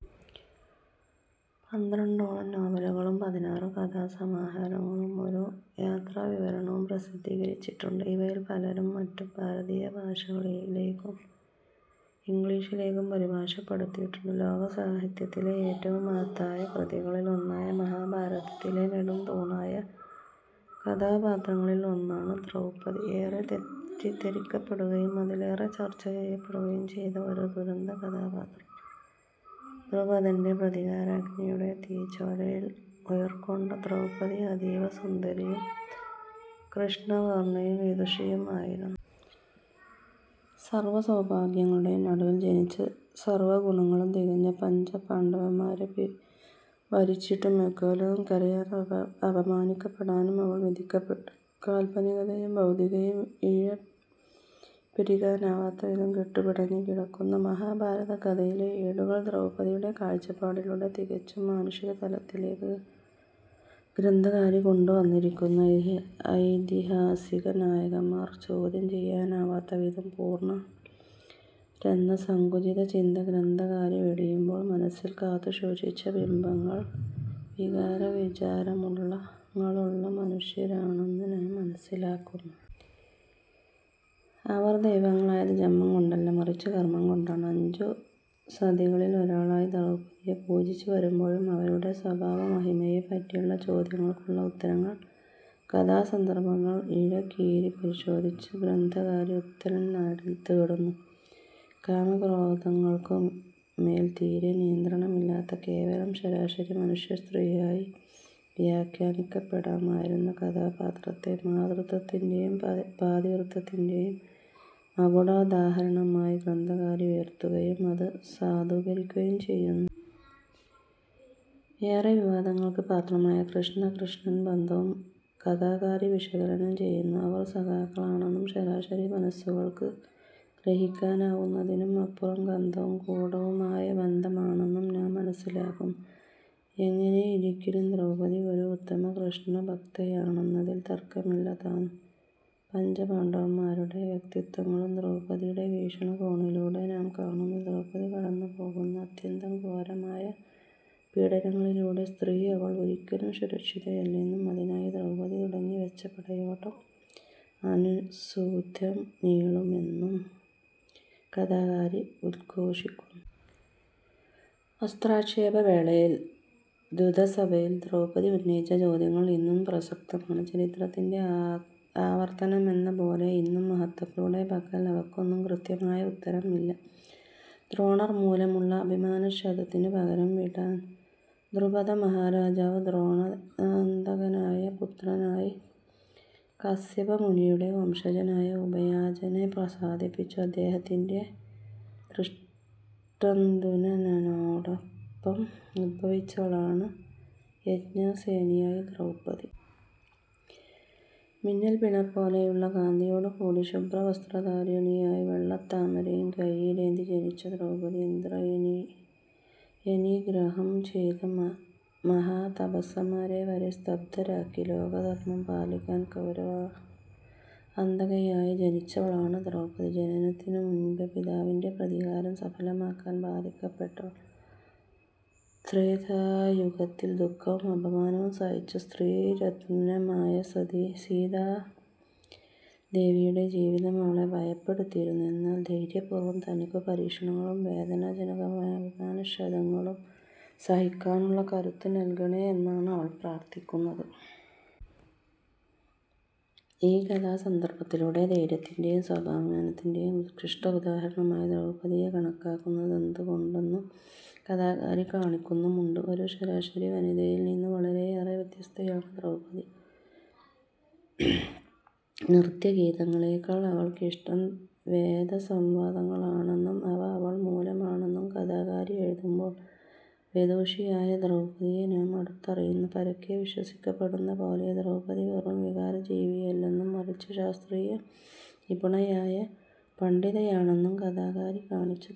പന്ത്രണ്ടോളം നോവലുകളും പതിനാറു കഥാസമാഹാരങ്ങളും ഒരു യാത്രാ വിവരണവും പ്രസിദ്ധീകരിച്ചിട്ടുണ്ട്. ഇവയിൽ പലതും മറ്റു ഭാരതീയ ഭാഷകളിലേക്കും ഇന്ഗ്ലീഷിലേക്കും പരിഭാഷപ്പെടുത്തിയിട്ടുണ്ട്. ലോകസാഹിത്യത്തിലെ ഏറ്റവും മഹത്തായ കൃതികളിലൊന്നായ മഹാഭാരതത്തിലെ നെടുംതൂണായ കഥാപാത്രങ്ങളിൽ ഒന്നാണ് ദ്രൗപദി. ഏറെ തെറ്റിദ്ധരിക്കപ്പെടുകയും അതിലേറെ ചർച്ചചെയ്യപ്പെടുകയും ചെയ്ത ഒരു ദുരന്ത കഥാപാത്രം. ദ്രുപദൻറെ പ്രതികാരാഗ്നിയുടെ തീജ്വാലയിൽ ഉയിർകൊണ്ട ദ്രൗപദി, അതീവ സുന്ദരിയും, കൃഷ്ണവർണയും, വിദുഷിയും ആയിരുന്നു. സർവ സൗഭാഗ്യങ്ങളുടെയും നടുവിൽ ജനിച്ച് സർവഗുണങ്ങളും തികഞ്ഞ പഞ്ചപാണ്ഡവന്മാരെ വരിച്ചിട്ടും എക്കാലവും കരയാനും അപമാനിക്കപ്പെടാനും അവൾ വിധിക്കപ്പെട്ടു. കാൽപനികതയും ഭക്തിയും ഇഴപിരികാനാവാത്തവിധം കെട്ടുപിണഞ്ഞുകിടക്കുന്ന മഹാഭാരതകഥയിലെ ഏടുകൾ ദ്രൗപദിയുടെ കാഴ്ച്ചപ്പാടിലൂടെ തികച്ചും മാനുഷിക തലത്തിലേക്ക് ഗ്രന്ഥകാരി കൊണ്ടുവന്നിരിക്കുന്നു. ഐതിഹാസിക നായകന്മാർ ചോദ്യം ചെയ്യാനാവാത്തവിധം പൂർണ്ണരെന്ന സങ്കുചിത ചിന്ത ഗ്രന്ഥകാരി വെടിയുമ്പോൾ മനസ്സിൽ കാത്തുസൂക്ഷിച്ച ബിംബങ്ങൾ വികാരവിചാരങ്ങളുള്ള മനുഷ്യരാണെന്ന് നാം മനസ്സിലാക്കുന്നു. അവർ ദൈവങ്ങളായത് ജന്മം കൊണ്ടല്ല മറിച്ചു കർമ്മം കൊണ്ടാണ്. അഞ്ചു സതികളിൽ ഒരാളായി ദ്രൗപദിയെ പൂജിച്ചു വരുമ്പോഴും അവരുടെ സ്വഭാവമഹിമയെ പറ്റിയുള്ള ചോദ്യങ്ങൾക്കുള്ള ഉത്തരങ്ങൾ കഥാസന്ദർഭങ്ങൾ ഇഴകീരിപരിശോധിച്ച് ഗ്രന്ഥകാരി ഉത്തരം തേടുന്നു. കാമക്രോധങ്ങൾക്കുമേൽ തീരെ നിയന്ത്രണമില്ലാത്ത കേവലം ശരാശരി മനുഷ്യസ്ത്രീയായി വ്യഘ്യാനിക്കപ്പെടാമായിരുന്ന കഥാപാത്രത്തെ മാതൃത്വത്തിൻറെയും പാതിവ്രത്യത്തിൻറെയും മകുടോദാഹരണമായി ഗ്രന്ഥകാരി ഉയർത്തുകയും അത് സാധൂകരിക്കുകയും ചെയ്യുന്നു. ഏറെ വിവാദങ്ങൾക്ക് പാത്രമായ കൃഷ്ണ-കൃഷ്ണൻ ബന്ധവും കഥാകാരി വിശകലനം ചെയ്യുന്നു. അവർ സഖാക്കളാണെന്നും ശരാശരി മനസ്സുകൾക്ക് ഗ്രഹിക്കാനാവുന്നതിനും അപ്പുറം ഗാഡവും ഗൂഡവുമായ ബന്ധമാണെന്നു നാം മനസ്സിലാക്കുന്നു. എങ്ങനെയിരിക്കിലും ദ്രൗപദി ഒരു ഉത്തമ കൃഷ്ണഭ്ക്തയാണെന്നതിൽ തർക്കമില്ലതാനും. പഞ്ചപാണ്ടവന്മാരുടെ വ്യക്തിത്വങ്ങളും ദ്രൗപദിയുടെ വീക്ഷണകോണിലൂടെ നാം കാണുന്നു. ദ്രൗപദി കടന്നുപോകുന്ന അത്യന്തം ഘോരമായ പീഡനങ്ങളിലൂടെ, സ്ത്രീ, അവൾ ഒരിക്കലും സുരക്ഷിതയല്ലെന്നും അതിനായി ദ്രൗപദി തുടങ്ങിവെച്ച പടയോട്ടം അനുസ്യൂതം നീളുമെന്നും കഥാകാരി ഉദ്ഘോഷിക്കുന്നു. വസ്ത്രാക്ഷേപവേളയിൽ. ദ്യുതസഭയിൽ ദ്രൗപദി ഉന്നയിച്ച ചോദ്യങ്ങൾ ഇന്നും പ്രസക്തമാണ്. ചരിത്രത്തിൻറെ ആവർത്തനമെന്ന പോലെ ഇന്നും മഹത്തുക്കളുടെ പക്കൽ അവയ്ക്കൊന്നും കൃത്യമായ ഉത്തരം ഇല്ല. ദ്രോണർ മൂലമുള്ള അഭിമാനക്ഷതത്തിന് പകരം വീട്ടാൻ ദ്രുപദമാഹാരാജാവ് ദ്രോണാന്തകനായ പുത്രനായി കസ്യപമുനിയുടെ വംശജനായ ഉപയാജനെ പ്രസാദിപ്പിച്ചു. അദ്ദേഹത്തിൻറെ ധൃഷ്ടദ്യുംനനോടോപ്പം ഉദ്ഭവിച്ചവളാണ് യാജ്ഞാസേനിയായ് ദ്രൗപദി. മിന്നൽ പിണർ പോലെയുള്ള കാന്തിയോടുകൂടി, ശുഭ്രവസ്ത്രധാരിണിയായി, വെള്ളത്താമരയും കൈയിലേന്തി ജനിച്ച ദ്രൗപദി, ഇന്ദ്രിയനിഗ്രഹം ചെയ്ത മഹാതാപസന്മാരെ വരെ സ്തബ്ധരാക്കി. ലോകധർമ്മം പാലിക്കാൻ കൗരവാന്തകയായി ജനിച്ചവളാണ് ദ്രൗപദി. ജനനത്തിനു മുൻപേ പിതാവിൻറെ പ്രതികാരം സഫലമാക്കാൻ ബാധിക്കപെട്ടവൾ. ത്രേതായുഗത്തിൽ ദുഖവും അപമാനവും സഹിച്ച സ്ത്രീരത്നമായ സീതാദേവിയുടെ ജീവിതം അവളെ ഭയപ്പെടുത്തിയിരുന്നു. എന്നാൽ ധൈര്യപൂർവ്വം തനിക്കു പരീക്ഷണങ്ങളും, വേദനാജനകമായ അഭിമാനക്ഷതങ്ങളും സഹിക്കാനുള്ള കരുത്ത് നൽകണേ എന്നാണ് അവൾ പ്രാർഥിക്കുന്നത്. ഈ കഥാസന്ദർഭത്തിലൂടെ ധൈര്യത്തിന്റെയും സ്വാഭിമാനതിന്റെയും ഉത്കൃഷ്ട ഉദാഹരണമായി ദ്രൗപദിയെ കണക്കാക്കുന്നതെന്തുകൊണ്ടെന്ന് കഥാകാരി കാണിക്കുന്നുമുണ്ട്. ഒരു ശരാശരി വനിതയിൽനിന്നു വളരെയേറെ വത്യസ്തയാണ് ദ്രൗപദി. നൃത്യഗീതങ്ങളെക്കാൾ അവൾക്കിഷ്ടം വേദസംവാദങ്ങളാണന്നും, അവ അവൾ മൂലമാണെന്നും കഥാകാരി എഴുതുമ്പോൾ വിദുഷിയായ ദ്രൗപദിയെ നാം അടുത്തറിയുന്നു. പരക്കെ വിശ്വസിക്കപ്പെടുന്ന പോലെ ദ്രൗപദി വെറും വികാരജീവിയല്ലെന്നും മറിച്ച് ശാസ്ത്രനിപുണയായ പണ്ധിതയാണന്നും കഥാകാരി കാണിച്ചുതരുന്നു.